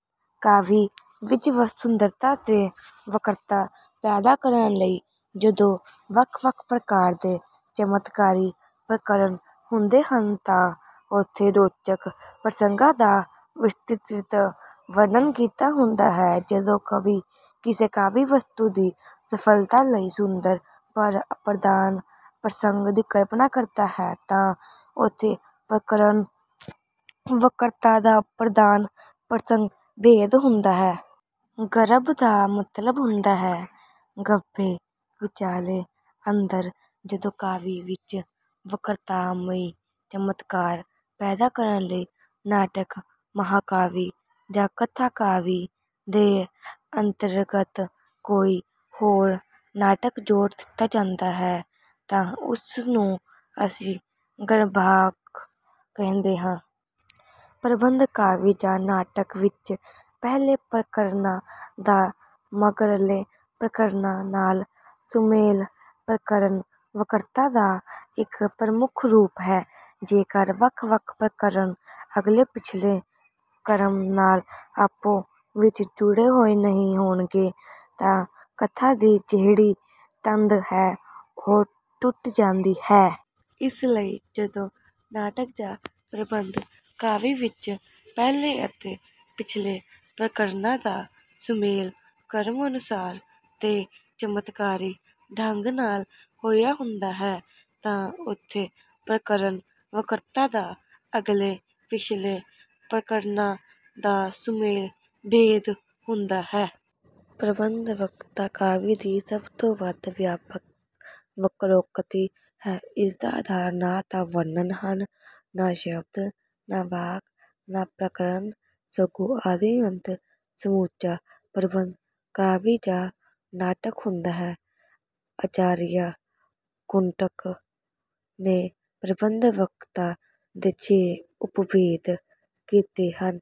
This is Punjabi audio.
ਕਾਵਿ ਵਿੱਚ ਸੁੰਦਰਤਾ ਤੇ ਵਕ੍ਰਤਾ ਪੈਦਾ ਕਰਨ ਲਈ ਜਦੋਂ ਵੱਖ-ਵੱਖ ਪ੍ਰਕਾਰ ਦੇ ਚਮਤਕਾਰੀ ਪ੍ਰਕਰਣ ਹੁੰਦੇ ਹਨ ਤਾਂ ਉੱਥੇ ਰੌਚਕ ਪ੍ਰਸੰਗਾਂ ਦਾ ਵਿਸਤ੍ਰਿਤ ਵਰਣਨ ਕੀਤਾ ਹੁੰਦਾ ਹੈ। ਜਦੋਂ ਕਵੀ ਕਿਸੇ ਕਾਵਿ ਵਸਤੂ ਦੀ ਸਫਲਤਾ ਲਈ ਸੁੰਦਰ, ਪਰ ਅਪ੍ਰਧਾਨ ਪ੍ਰਸੰਗ ਦੀ ਕਲਪਨਾ ਕਰਦਾ ਹੈ ਤਾਂ ਉੱਥੇ ਪ੍ਰਕਰਣ ਵਕ੍ਰਤਾ ਦਾ ਅਪ੍ਰਧਾਨ ਪ੍ਰਸੰਗ ਭੇਦ ਹੁੰਦਾ ਹੈ। ਗਰਭ ਦਾ ਮਤਲਬ ਹੁੰਦਾ ਹੈ ਗੱਭੇ, ਵਿਚਾਲੇ, ਅੰਦਰ। ਜਦੋਂ ਕਾਵਿ ਵਿੱਚ ਵਕ੍ਰਤਾਮਈ ਚਮਤਕਾਰ ਪੈਦਾ ਕਰਨ ਲਈ ਨਾਟਕ, ਮਹਾਂਕਾਵਿ ਜਾਂ ਕਥਾ ਕਾਵਿ ਦੇ ਅੰਤਰਗਤ ਕੋਈ ਹੋਰ ਨਾਟਕ ਜੋੜ ਦਿੱਤਾ ਜਾਂਦਾ ਹੈ ਤਾਂ ਉਸ ਨੂੰ ਅਸੀਂ ਗਰਭਾਂਕ ਕਹਿੰਦੇ ਹਾਂ। ਪ੍ਰਬੰਧ ਕਾਵਿ ਜਾਂ ਨਾਟਕ ਵਿੱਚ ਪਹਿਲੇ ਪ੍ਰਕਰਣਾਂ ਦਾ ਮਗਰਲੇ ਪ੍ਰਕਰਣਾਂ ਨਾਲ ਸੁਮੇਲ ਪ੍ਰਕਰਣ ਵਕ੍ਰਤਾ ਦਾ ਇੱਕ ਪ੍ਰਮੁੱਖ ਰੂਪ ਹੈ। ਜੇਕਰ ਵੱਖ-ਵੱਖ ਪ੍ਰਕਰਣ ਅਗਲੇ-ਪਿਛਲੇ ਕ੍ਰਮ ਨਾਲ ਆਪੋ ਵਿੱਚ ਜੁੜੇ ਹੋਏ ਨਹੀਂ ਹੋਣਗੇ ਤਾਂ ਕਥਾ ਦੀ ਜਿਹੜੀ ਤੰਦ ਹੈ ਉਹ ਟੁੱਟ ਜਾਂਦੀ ਹੈ। ਇਸ ਲਈ ਜਦੋਂ ਨਾਟਕ ਜਾਂ ਪ੍ਰਬੰਧ ਕਾਵਿ ਵਿੱਚ ਪਹਿਲੇ ਅਤੇ ਪਿਛਲੇ ਪ੍ਰਕਰਣਾਂ ਦਾ ਸੁਮੇਲ ਕ੍ਰਮ ਅਨੁਸਾਰ ਤੇ ਚਮਤਕਾਰੀ ਢੰਗ ਨਾਲ ਹੋਇਆ ਹੁੰਦਾ ਹੈ ਤਾਂ ਉੱਥੇ 'ਪ੍ਰਕਰਣ ਵਕ੍ਰਤਾ' ਦਾ ਅਗਲੇ-ਪਿਛਲੇ ਪ੍ਰਕਰਣਾਂ ਦਾ ਸੁਮੇਲ ਭੇਦ ਹੁੰਦਾ ਹੈ। ਪ੍ਰਬੰਧ ਵਕ੍ਰਤਾ ਕਾਵਿ ਦੀ ਸਭ ਤੋਂ ਵੱਧ ਵਿਆਪਕ ਵਕ੍ਰੋਕਤੀ ਹੈ। ਇਸਦਾ ਆਧਾਰ ਨਾ ਤਾਂ ਵਰਣ ਹਨ, ਨਾ ਸ਼ਬਦ, ਨਾ ਵਾਕ, ਨਾ ਪ੍ਰਕਰਣ, ਸਗੋਂ ਆਦਿ-ਅੰਤ ਸਮੁੱਚਾ ਪ੍ਰਬੰਧ ਕਾਵਿ ਜਾਂ ਨਾਟਕ ਹੁੰਦਾ ਹੈ। ਆਚਾਰੀਆ ਕੁੰਤਕ ਨੇ ਪ੍ਰਬੰਧ-ਵਕ੍ਰਤਾ ਦੇ ਛੇ ਉਪਭੇਦ ਕੀਤੇ ਹਨ।